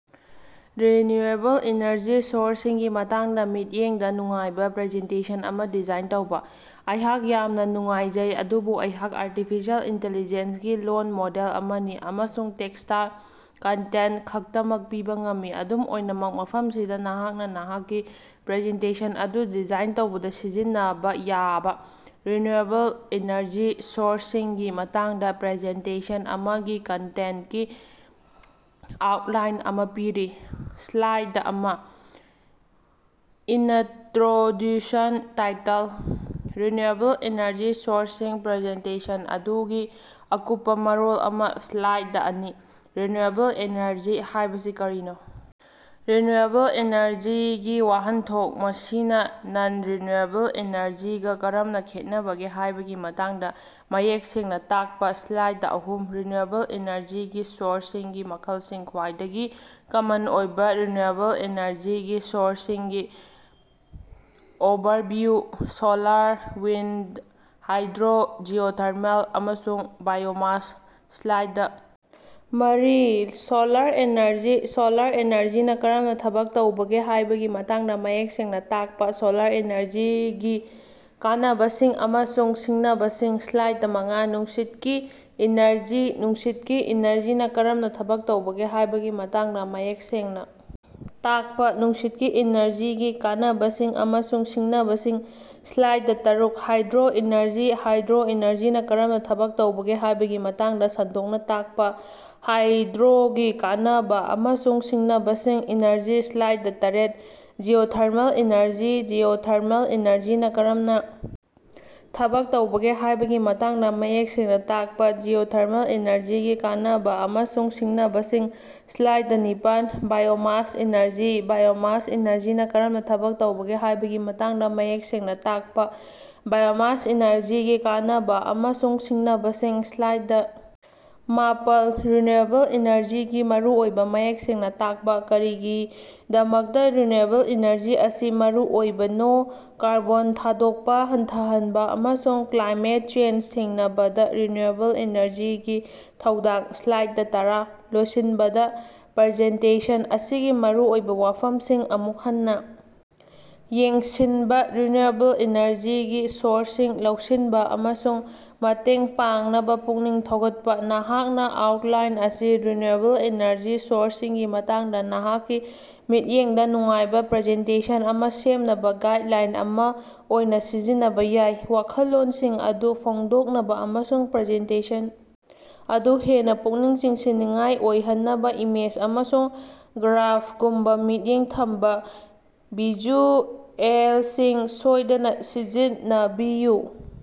Renewable energy ꯁꯣꯔꯁꯁꯤꯡꯒꯤ ꯃꯇꯥꯡꯗ ꯃꯤꯠꯌꯦꯡꯗ ꯅꯨꯡꯉꯥꯏꯕ ꯄ꯭ꯔꯖꯦꯟꯇꯦꯁꯟ ꯑꯃ ꯗꯤꯖꯥꯏꯟ ꯇꯧꯕ꯫ ꯑꯩꯍꯥꯛ ꯌꯥꯝꯅ ꯅꯨꯡꯉꯥꯏꯖꯩ, ꯑꯗꯨꯕꯨ ꯑꯩꯍꯥꯛ ꯑꯥꯔꯇꯤꯐꯤꯁꯤꯑꯦꯜ ꯏꯟꯇꯤꯂꯤꯖꯦꯟꯁ ꯒꯤ ꯂꯣꯜ ꯃꯣꯗꯦꯜ ꯑꯃꯅꯤ ꯑꯃꯁꯨꯡ ꯇꯦꯛꯁꯇꯥꯏꯜ ꯀꯟꯇꯦꯟꯇ ꯈꯛꯇꯃꯛ ꯄꯤꯕ ꯉꯝꯃꯤ꯫ ꯑꯗꯨꯝ ꯑꯣꯏꯅꯃꯛ, ꯃꯐꯝꯁꯤꯗ ꯅꯍꯥꯛꯅ ꯅꯍꯥꯛꯀꯤ ꯄ꯭ꯔꯖꯦꯟꯇꯦꯁꯟ ꯑꯗꯨ ꯗꯤꯖꯥꯏꯟ ꯇꯧꯕꯗ ꯁꯤꯖꯤꯟꯅꯕ ꯌꯥꯕ ꯔꯤꯅ꯭ꯌꯨꯑꯦꯕꯜ ꯑꯦꯅꯔꯖꯤ ꯁꯣꯔꯁꯁꯤꯡꯒꯤ ꯃꯇꯥꯡꯗ ꯄ꯭ꯔꯖꯦꯟꯇꯦꯁꯟ ꯑꯃꯒꯤ ꯀꯟꯇꯦꯟꯇꯀꯤ ꯑꯥꯎꯇꯂꯥꯏꯟ ꯑꯃ ꯄꯤꯔꯤ: ꯁ꯭ꯂꯥꯏꯗ ꯑꯃ: ꯏꯅꯇ꯭ꯔꯣꯗ꯭ꯌꯨꯁꯟ ꯇꯥꯏꯇꯜ: ꯔꯤꯟꯌꯨꯑꯦꯕꯜ ꯑꯦꯅꯔꯖꯤ ꯁꯣꯔꯁꯁꯤꯡ ꯄ꯭ꯔꯖꯦꯟꯇꯦꯁꯟ ꯑꯗꯨꯒꯤ ꯑꯀꯨꯞꯄ ꯃꯔꯣꯜ ꯑꯃ꯫ ꯁ꯭ꯂꯥꯏꯗ ꯑꯅꯤ: ꯔꯤꯅ꯭ꯌꯨꯑꯦꯕꯜ ꯑꯦꯅꯔꯖꯤ ꯍꯥꯏꯕꯁꯤ ꯀꯔꯤꯅꯣ? ꯔꯤꯅ꯭ꯌꯨꯑꯦꯕꯜ ꯏꯅꯔꯖꯤꯒꯤ ꯋꯥꯍꯟꯊꯣꯛ ꯃꯁꯤꯅ ꯅꯟ-ꯔꯤꯟꯌꯨꯑꯦꯕꯜ ꯑꯦꯅꯔꯖꯤꯒ ꯀꯔꯝꯅ ꯈꯦꯠꯅꯕꯒꯦ ꯍꯥꯏꯕꯒꯤ ꯃꯇꯥꯡꯗ ꯃꯌꯦꯛ ꯁꯦꯡꯅ ꯇꯥꯛꯄ ꯁ꯭ꯂꯥꯏꯗ ꯑꯍꯨꯝ: ꯔꯤꯅ꯭ꯌꯨꯑꯦꯕꯜ ꯑꯦꯅꯔꯖꯤꯒꯤ ꯁꯣꯔꯁꯁꯤꯡꯒꯤ ꯃꯈꯜꯁꯤꯡ ꯈ꯭ꯋꯥꯏꯗꯒꯤ ꯀꯃꯟ ꯑꯣꯏꯕ ꯔꯤꯅ꯭ꯌꯨꯑꯦꯕꯜ ꯑꯦꯅꯔꯖꯤꯒꯤ ꯁꯣꯔꯁꯁꯤꯡꯒꯤ overview: solar, wind, hydro, geothermal, ꯑꯃꯁꯨꯡ ꯕꯥꯏꯑꯣꯃꯥꯁ꯫ ꯁ꯭ꯂꯥꯏꯗ ꯃꯔꯤ: ꯁꯣꯂꯥꯔ ꯑꯦꯅꯔꯖꯤ: ꯁꯣꯂꯥꯔ ꯑꯦꯅꯔꯖꯤꯅ ꯀꯔꯝꯅ ꯊꯕꯛ ꯇꯧꯕꯒꯦ ꯍꯥꯏꯕꯒꯤ ꯃꯇꯥꯡꯗ ꯃꯌꯦꯛ ꯁꯦꯡꯅ ꯇꯥꯛꯄ ꯁꯣꯂꯥꯔ ꯑꯦꯅꯔꯖꯤꯒꯤ ꯀꯥꯟꯅꯕꯁꯤꯡ ꯑꯃꯁꯨꯡ ꯁꯤꯡꯅꯕꯁꯤꯡ꯫ ꯁ꯭ꯂꯥꯏꯗ ꯃꯉꯥ: ꯅꯨꯡꯁꯤꯠꯀꯤ ꯏꯅꯔꯖꯤ ꯅꯨꯡꯁꯤꯠꯀꯤ ꯏꯅꯔꯖꯤꯅ ꯀꯔꯝꯅ ꯊꯕꯛ ꯇꯧꯕꯒꯦ ꯍꯥꯏꯕꯒꯤ ꯃꯇꯥꯡꯗ ꯃꯌꯦꯛ ꯁꯦꯡꯅ ꯇꯥꯛꯄ ꯅꯨꯡꯁꯤꯠꯀꯤ ꯏꯅꯔꯖꯤꯒꯤ ꯀꯥꯟꯅꯕꯁꯤꯡ ꯑꯃꯁꯨꯡ ꯁꯤꯡꯅꯕꯁꯤꯡ꯫ ꯁ꯭ꯂꯥꯏꯗ ꯇꯔꯨꯛ: ꯍꯥꯏꯗ꯭ꯔꯣ ꯏꯅꯔꯖꯤ ꯍꯥꯏꯗ꯭ꯔꯣ ꯑꯦꯅꯔꯖꯤꯅ ꯀꯔꯝꯅ ꯊꯕꯛ ꯇꯧꯕꯒꯦ ꯍꯥꯏꯕꯒꯤ ꯃꯇꯥꯡꯗ ꯁꯟꯗꯣꯛꯅ ꯇꯥꯛꯄ ꯍꯥꯏꯗ꯭ꯔꯣꯒꯤ ꯀꯥꯟꯅꯕ ꯑꯃꯁꯨꯡ ꯁꯤꯡꯅꯕꯁꯤꯡ꯫ ꯏꯅꯔꯖꯤ ꯁ꯭ꯂꯥꯏꯗ ꯇꯔꯦꯠ: ꯖꯤꯑꯣꯊꯔꯃꯦꯜ ꯏꯅꯔꯖꯤ ꯖꯤꯑꯣꯊꯔꯃꯦꯜ ꯏꯅꯔꯖꯤꯅ ꯀꯔꯝꯅ ꯊꯕꯛ ꯇꯧꯕꯒꯦ ꯍꯥꯏꯕꯒꯤ ꯃꯇꯥꯡꯗ ꯃꯌꯦꯛ ꯁꯦꯡꯅ ꯇꯥꯛꯄ ꯖꯤꯑꯣꯊꯔꯃꯦꯜ ꯏꯅꯔꯖꯤꯒꯤ ꯀꯥꯟꯅꯕꯥ ꯑꯃꯁꯨꯡ ꯁꯤꯡꯅꯕꯁꯤꯡ꯫ ꯁ꯭ꯂꯥꯏꯗ ꯅꯤꯄꯥꯜ: ꯕꯥꯏꯑꯣꯃꯥꯁ ꯏꯅꯔꯖꯤ ꯕꯥꯏꯑꯣꯃꯥꯁ ꯏꯅꯔꯖꯤꯅ ꯀꯔꯝꯅ ꯊꯕꯛ ꯇꯧꯕꯒꯦ ꯍꯥꯏꯕꯒꯤ ꯃꯇꯥꯡꯗ ꯃꯌꯦꯛ ꯁꯦꯡꯅ ꯇꯥꯛꯄ ꯕꯥꯏꯑꯣꯃꯥꯁ ꯏꯅꯔꯖꯤꯒꯤ ꯀꯥꯟꯅꯕ ꯑꯃꯁꯨꯡ ꯁꯤꯡꯅꯕꯁꯤꯡ ꯁ꯭ꯂꯥꯏꯗ ꯃꯥꯄꯜ: ꯔꯤꯟꯌꯨꯑꯦꯕꯜ ꯏꯅꯔꯖꯤꯒꯤ ꯃꯔꯨꯑꯣꯏꯕ ꯃꯌꯦꯛ ꯁꯦꯡꯅ ꯇꯥꯛꯄ꯫ ꯀꯔꯤꯒꯤꯗꯃꯛꯇꯥ ꯔꯤꯟꯌꯨꯑꯦꯕꯜ ꯏꯅꯔꯖꯤ ꯑꯁꯤ ꯃꯔꯨꯑꯣꯏꯕꯅꯣ ꯀꯥꯔꯕꯣꯟ ꯊꯥꯗꯣꯛꯄ ꯍꯟꯊꯍꯟꯕ ꯑꯃꯁꯨꯡ ꯀ꯭ꯂꯥꯏꯃꯦꯠ ꯆꯦꯟꯖ ꯊꯦꯡꯅꯕꯗ ꯔꯤꯟꯌꯨꯑꯦꯕꯜ ꯏꯅꯔꯖꯤꯒꯤ ꯊꯧꯗꯥꯡ ꯁ꯭ꯂꯥꯏꯗ ꯇꯔꯥ: ꯂꯣꯏꯁꯤꯟꯕꯗ ꯄ꯭ꯔꯖꯦꯟꯇꯦꯁꯟ ꯑꯁꯤꯒꯤ ꯃꯔꯨꯑꯣꯏꯕ ꯋꯥꯐꯝꯁꯤꯡ ꯑꯃꯨꯛ ꯍꯟꯅ ꯌꯦꯡꯁꯤꯟꯕ ꯔꯤꯅ꯭ꯌꯨꯑꯦꯕꯜ ꯏꯅꯔꯖꯤꯒꯤ ꯁꯣꯔꯁꯁꯤꯡ ꯂꯧꯁꯤꯟꯕ ꯑꯃꯁꯨꯡ ꯃꯇꯦꯡ ꯄꯥꯡꯅꯕ ꯄꯨꯛꯅꯤꯡ ꯊꯧꯒꯠꯄ꯫ ꯅꯍꯥꯛꯅ ꯑꯥꯎꯠꯂꯥꯏꯟ ꯑꯁꯤ ꯔꯤꯟꯌꯨꯑꯦꯕꯜ ꯏꯅꯔꯖꯤ ꯁꯣꯔꯁꯁꯤꯡꯒꯤ ꯃꯇꯥꯡꯗ ꯅꯍꯥꯛꯀꯤ ꯃꯤꯠꯌꯦꯡꯗ ꯅꯨꯡꯉꯥꯏꯕ ꯄ꯭ꯔꯖꯦꯟꯇꯦꯁꯟ ꯑꯃ ꯁꯦꯝꯅꯕ ꯒꯥꯏꯗꯂꯥꯏꯟ ꯑꯃ ꯑꯣꯏꯅ ꯁꯤꯖꯤꯟꯅꯕ ꯌꯥꯏ꯫ ꯋꯥꯈꯜꯂꯣꯟꯁꯤꯡ ꯑꯗꯨ ꯐꯣꯡꯗꯣꯛꯅꯕ ꯑꯃꯁꯨꯡ ꯄ꯭ꯔꯖꯦꯟꯇꯦꯁꯟ ꯑꯗꯨ ꯍꯦꯟꯅ ꯄꯨꯛꯅꯤꯡ ꯆꯤꯡꯁꯤꯟꯅꯤꯡꯉꯥꯏ ꯑꯣꯏꯍꯟꯅꯕ ꯏꯃꯦꯖ ꯑꯃꯁꯨꯡ ꯒ꯭ꯔꯥꯐꯒꯨꯝꯕ ꯃꯤꯠꯌꯦꯡ ꯊꯝꯕ ꯚꯤꯖꯨꯑꯦꯂꯁꯤꯡ ꯁꯣꯏꯗꯅ ꯁꯤꯖꯤꯟꯅꯕꯤꯌꯨ꯫